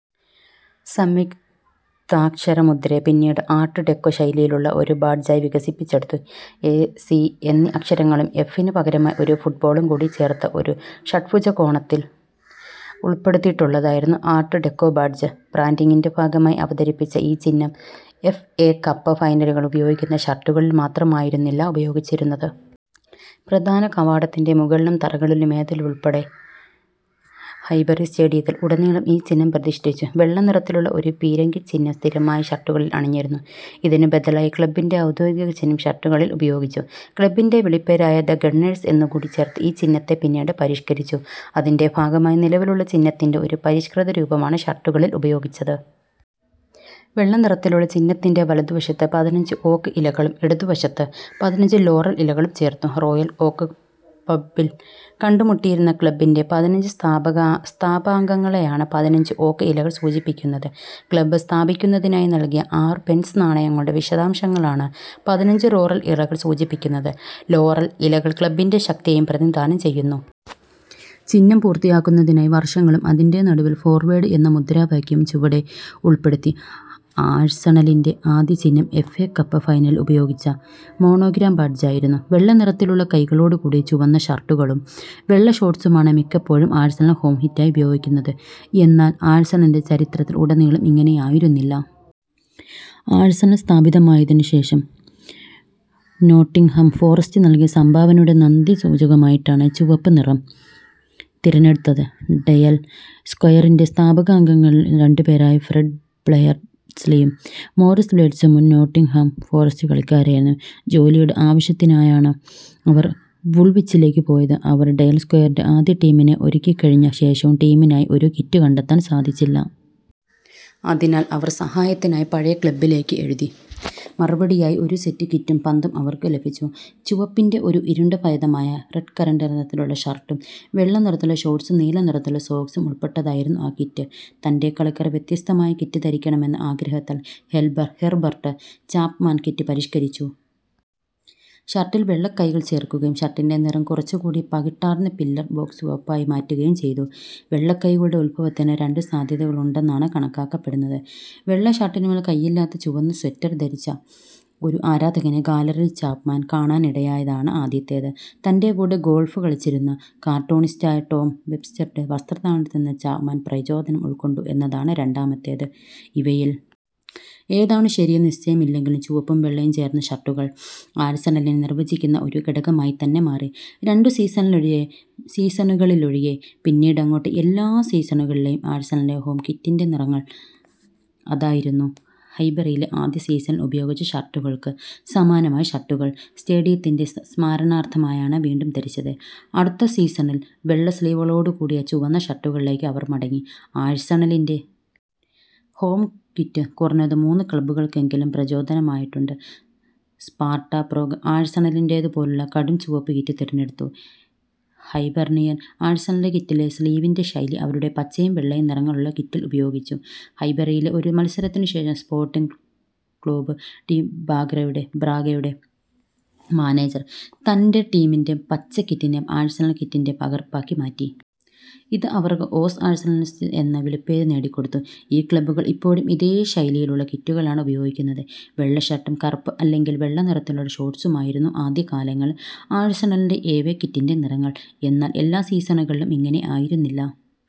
സംയുക്താക്ഷരമുദ്രയെ പിന്നീട് art deco ശൈലിയിലുള്ള ഒരു ബാഡ്ജായി വികസിപ്പിച്ചെടുത്തു. എ, സി എന്നീ അക്ഷരങ്ങളും എഫിന് പകരമാ ഒരു ഫുട്ബോളും കൂടി ചേർത്ത് ഒരു ഷഡ്ഭുജകോണത്തിൽ ഉൾപ്പെടുത്തിയിട്ടുള്ളതായിരുന്നു ആർട്ട് ഡെക്കോ ബാഡ്ജ്. ബ്രാൻഡിങ്ങിൻ്റെഭാഗമായി അവതരിപ്പിച്ച ഈ ചിഹ്നം എഫ്. എ. കപ്പ് ഫൈനലുകളിൽ ഉപയോഗിക്കുന്ന ഷർട്ടുകളിൽ മാത്രമായിരുന്നില്ല ഉപയോഗിച്ചിരുന്നത്. പ്രധാനകവാടത്തിൻ്റെമുകൾളും തറകളിലുമേതിലുൾപ്പെടെ ഹൈബറി സ്റ്റേഡിയത്തിൽ ഉടനീളം ഈ ചിഹ്നം പ്രതിഷ്ഠിച്ചു. വെള്ളനിറത്തിലുള്ള ഒരു പീരങ്കിച്ചിഹ്നം സ്ഥിരമായി ഷർട്ടുകളിൽ അണിഞ്ഞിരുന്നു. ഇതിനു ബദലായി ക്ലബ്ബിൻ്റെഔദ്യോഗിക ചിഹ്നം ഷർട്ടുകളിൽ ഉപയോഗിച്ചു. ക്ലബ്ബിൻ്റെവിളിപ്പേരായ ദ ഗണ്ണേഴ്സ് എന്നുകൂടി ചേർത്ത് ഈ ചിഹ്നത്തെ പിന്നീട് പരിഷ്കരിച്ചു. അതിൻ്റെഭാഗമായി നിലവിലുള്ള ചിഹ്നത്തിൻ്റെ ഒരു പരിഷ്കൃതരൂപമാണ് ഷർട്ടുകളിൽ ഉപയോഗിച്ചത്. വെള്ളനിറത്തിലുള്ള ചിഹ്നത്തിൻ്റെ വലതുവശത്ത് പതിനഞ്ച് ഓക്ക് ഇലകളും ഇടതുവശത്ത് പതിനഞ്ച് ലോറൽ ഇലകളും ചേർത്തു. റോയൽ ഓക്ക് പബ്ബിൽ കണ്ടുമുട്ടിയിരുന്ന ക്ലബ്ബിൻ്റെപതിനഞ്ച് സ്ഥാപക സ്ഥാപകാംഗങ്ങളെയാണ് പതിനഞ്ച് ഓക്ക് ഇലകൾ സൂചിപ്പിക്കുന്നത്. ക്ലബ് സ്ഥാപിക്കുന്നതിനായി നൽകിയ ആറ് പെൻസ് നാണയങ്ങളുടെ വിശദാംശങ്ങളാണ് പതിനഞ്ച് റോറൽ ഇലകൾ സൂചിപ്പിക്കുന്നത്. ലോറൽ ഇലകൾ ക്ലബ്ബിൻ്റെ ശക്തിയെയും പ്രതിനിധാനം ചെയ്യുന്നു. ചിഹ്നം പൂർത്തിയാക്കുന്നതിനായി വർഷങ്ങളും അതിൻ്റെ നടുവിൽ ഫോർവേഡ് എന്ന മുദ്രാവാക്യവും ചുവടെ ഉൾപ്പെടുത്തി. ആഴ്സണലിൻ്റെ ആദ്യ ചിഹ്നം എഫ്. എ. കപ്പ് ഫൈനൽ ഉപയോഗിച്ച മോണോഗ്രാം ബാഡ്ജായിരുന്നു. വെള്ളനിറത്തിലുള്ള കൈകളോടുകൂടിയ ചുവന്ന ഷർട്ടുകളും വെള്ള ഷോർട്ട്സുമാണ് മിക്കപ്പോഴും ആഴ്സണൽ ഹോം ഹിറ്റായി ഉപയോഗിക്കുന്നത്. എന്നാൽ ആഴ്സണലിൻ്റെ ചരിത്രത്തിൽ ഉടനീളം ഇങ്ങനെയായിരുന്നില്ല. ആഴ്സണൽ സ്ഥാപിതമായതിനുശേഷം നോട്ടിങ്ഹാം ഫോറസ്റ്റ് നൽകിയ സംഭാവനയുടെ നന്ദിസൂചകമായിട്ടാണ് ചുവപ്പുനിറം തിരഞ്ഞെടുത്തത്. ഡയൽ സ്ക്വയറിൻ്റെസ്ഥാപകാംഗങ്ങളിൽ രണ്ടുപേരായ ഫ്രെഡ് പ്ലയർസ്ലിം മോറിസ് ലോലിച്ച് മുൻ നോട്ടിങ്ഹാം ഫോറസ്റ്റ് കളിക്കാരേയാണ്. ജോലിയുടെ ആവശ്യത്തിനായാണ് അവർ വുൾവിച്ചിലേക്കു പോയത്. അവർ ഡയൽ സ്ക്വയറിൻ്റെആദ്യ ടീമിനെ ഒരുക്കിക്കഴിഞ്ഞ ശേഷവും ടീമിനായി ഒരു കിറ്റ് കണ്ടെത്താൻ സാധിച്ചില്ല. അതിനാൽ അവർ സഹായത്തിനായി പഴയ ക്ലബ്ബിലേക്ക് എഴുതി. മറുപടിയായി ഒരു സെറ്റ് കിറ്റും പന്തും അവർക്ക് ലഭിച്ചു. ചുവപ്പിൻ്റെഒരു ഇരുണ്ട ഭേദമായ റെഡ്കറന്റ് നിറത്തിലുള്ള ഷർട്ടും വെള്ളനിറത്തിലുള്ള ഷോർട്ട്സും നീലനിറത്തിലുള്ള സോക്സും ഉൾപ്പെട്ടതായിരുന്നു ആ കിറ്റ്. തൻ്റെ കളിക്കാർ വ്യത്യസ്തമായ കിറ്റ് ധരിക്കണമെന്ന ആഗ്രഹത്താൽ ഹെൽബർ ഹെർബർട്ട് ചാപ്മാൻ കിറ്റ് പരിഷ്കരിച്ചു. ഷർട്ടിൽ വെള്ള കൈകൾ ചേർക്കുകയും ഷർട്ടിൻ്റെനിറം കുറച്ചുകൂടി പകിട്ടാർന്ന പില്ലർ ബോക്സ് ചുവപ്പായി മാറ്റുകയും ചെയ്തു. വെള്ള കൈകളുടെ ഉത്ഭവത്തിന് രണ്ടു സാധ്യതകളുണ്ടെന്നാണ് കണക്കാക്കപ്പെടുന്നത്. വെള്ള ഷർട്ടിനുമേൽ കൈയില്ലാത്ത ചുവന്ന സ്വെറ്റർ ധരിച്ച ഒരു ആരാധകനെ ഗാലറിയിൽ ചാപ്മാൻ കാണാനിടയായതാണ് ആദ്യത്തേത്. തൻ്റെകൂടെ ഗോൾഫ് കളിച്ചിരുന്ന കാർട്ടൂണിസ്റ്റായ ടോം വെബ്സ്റ്ററുടെ വസ്ത്രധാരണത്തിന്ന് ചാപ്മാൻ പ്രചോദനം ഉൾക്കൊണ്ടു എന്നതാണ് രണ്ടാമത്തേത്. ഇവയിൽ ഏതാണു ശരിയെന്നു നിശ്ചയമില്ലെങ്കിലും ചുവപ്പും വെള്ളയും ചേർന്ന ഷർട്ടുകൾ ആഴ്സണലിനെ നിർവചിക്കുന്ന ഒരു ഘടകമായിത്തന്നെ മാറി. രണ്ടു സീസണുലൊഴിയേ സീസണുകളിലൊഴിയേ പിന്നീടങ്ങോട്ട് എല്ലാ സീസണുകളിലെയും ആഴ്സണലിൻ്റെ ഹോം കിറ്റിൻ്റെനിറങ്ങൾ അതായിരുന്നു. ഹൈബറിയിലെ ആദ്യ സീസൺ ഉപയോഗിച്ച ഷർട്ടുകൾക്കു സമാനമായ ഷർട്ടുകൾ സ്റ്റേഡിയത്തിൻ്റെ സ്മരണാർത്ഥമായാണ് വീണ്ടും ധരിച്ചത്. അടുത്ത സീസണിൽ വെള്ള സ്ലീവുകളോടുകൂടിയ ചുവന്ന ഷർട്ടുകളിലേക്ക് അവർ മടങ്ങി. ആഴ്സണലിൻ്റെ ഹോം കിറ്റ് കുറഞ്ഞത് മൂന്നു ക്ലബ്ബുകൾക്കെങ്കിലും പ്രചോദനമായിട്ടുണ്ട്. സ്പാർട്ട പ്രാഗ് ആഴ്സണലിന്റേതുപോലുള്ള കടുംചുവപ്പ് കിറ്റ് തിരഞ്ഞെടുത്തു. ഹൈബർണിയൻ ആഴ്സണലിൻ്റെ കിറ്റില് സ്ലീവിൻ്റെശൈലി അവരുടെ പച്ചയും വെള്ളയും നിറങ്ങളുള്ള കിറ്റിൽ ഉപയോഗിച്ചു. ഹൈബറിയിലെ ഒരു മത്സരത്തിനുശേഷം സ്പോർട്ടിങ് ക്ലൂബ് ഡി ബാഗ്രയുടെ ബ്രാഗയുടെ മാനേജർ തൻ്റെടീമിൻ്റെ പച്ച കിറ്റിനെ ആഴ്സണൽ കിറ്റിൻ്റെ പകർപ്പാക്കി മാറ്റി. ഇത് അവർക്ക് ഓസ് ആഴ്സണലിസ്റ്റ് എന്ന വിളിപ്പേരു നേടിക്കൊടുത്തു. ഈ ക്ലബ്ബുകൾ ഇപ്പോഴും ഇതേ ശൈലിയിലുള്ള കിറ്റുകളാണ് ഉപയോഗിക്കുന്നത്. വെള്ള ഷർട്ടും കറുപ്പ് അല്ലെങ്കിൽ വെള്ള നിറത്തിലുള്ള ഷോഡ്സ് സുമായിരുന്നു ആദ്യകാലങ്ങളിൽ ആഴ്സണലിൻ്റെ എവേ കിറ്റിൻ്റെനിറങ്ങൾ. എന്നാൽ എല്ലാ സീസണുകളിലും ഇങ്ങനെയായിരുന്നില്ല.